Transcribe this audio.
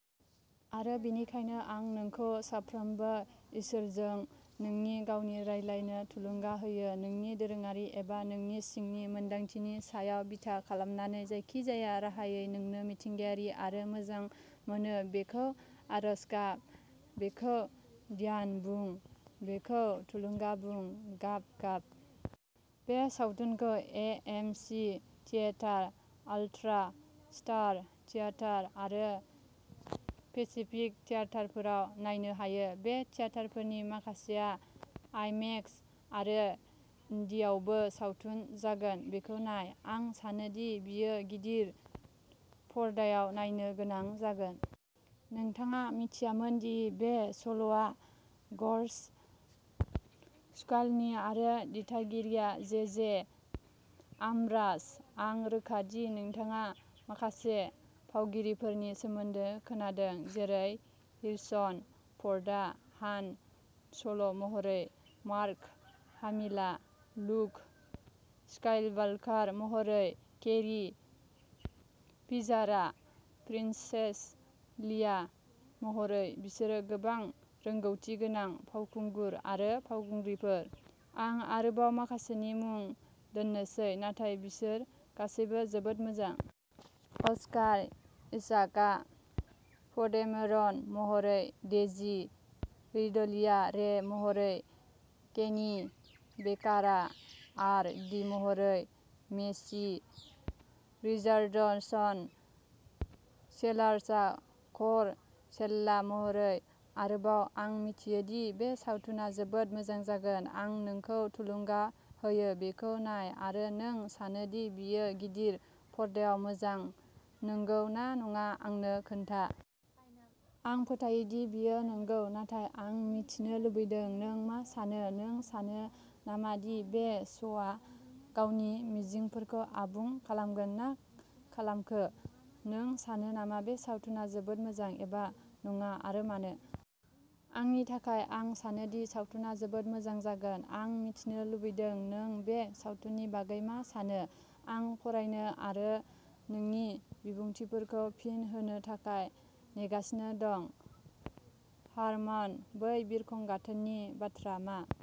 आरो बेनिखायनो, आं नोंखौ सानफ्रोमबो इसोरजों नोंनि गावनि रायज्लायनो थुलुंगा होयो, नोंनि दोरोङारि एबा नोंनि सिंनि मोनदांथिनि सायाव बिथा खालामनानै, जायखिजाया राहायै नोंनो मिथिंगायारि आरो मोजां मोनो। बेखौ आरज गाब, बेखौ ध्यान बुं, बेखौ थुलुंगा बुं, गाब गाब। बे सावथुनखौ A. M. C. Theatre, ultra star theatre आरो पेसिफिक थियेटारफोराव नायनो हायो। बे थियेटारफोरनि माखासेयाव आइमेक्स आरो डीआवबो सावथुन जागोन, बेखौ नाय! आं सानो दि बेयो गिदिर पर्दायाव नायनो गोनां जागोन। नोंथाङा मिथियामोन दि बे सल'आ ग'र्ज लुकासनि आरो दिथागिरिया जे. जे. आब्राम्स। आं रोखा दि नोंथाङा माखासे फावगिरिफोरनि सोमोन्दै खोनादों जेरै हेरिसन फ'र्डआ हान सल'महरै, मार्क हामिलआ लुक स्काइवाल्कार महरै, केरी फिशारआ प्रिन्सेस लिया महरै, बिसोर गोबां रोंग'थि गोनां फावखुंगुर आरो फावखुंग्रिफोर, आं आरोबाव माखासेनि मुं दोन्नोसै नाथाय बिसोर गासैबो जोबोद मोजां। अस्कार इसाकआ प'डेमेरन महरै, डेजी रिडलेया रे महरै, केनी बेकारआ आर डी महरै, मैसी रिचार्डसन सेलार्सआ कर सेल्ला महरै। आरोबाव, आं मिथियो दि बे सावथुना जोबोद मोजां जागोन। आं नोंखौ थुलुंगा होयो। बेखौ नाय आरो नों सानो दि बेयो गिदिर पर्दायाव मोजां नंगौ ना नङा आंनो खोन्था? आं फोथायो दि बेयो नंगौ, नाथाय आं मिथिनो लुबैदों नों मा सानो। नों सानो नामा दि बे श'आ गावनि मिजिंफोरखौ आबुं खालामगोन ना खालामखो? नों सानो नामा बे सावथुना जोबोद मोजां एबा नङा आरो मानो? आंनि थाखाय आं सानो दि सावथुना जोबोद मोजां जागोन। आं मिथिनो लुबैदों नों बे सावथुननि बागै मा सानो। आं फरायनो आरो नोंनि बिबुंथिफोरखौ फिन होनो थाखाय नेगासिनो दं। हारमानः बै बिरखं गाथोननि बाथ्रा मा?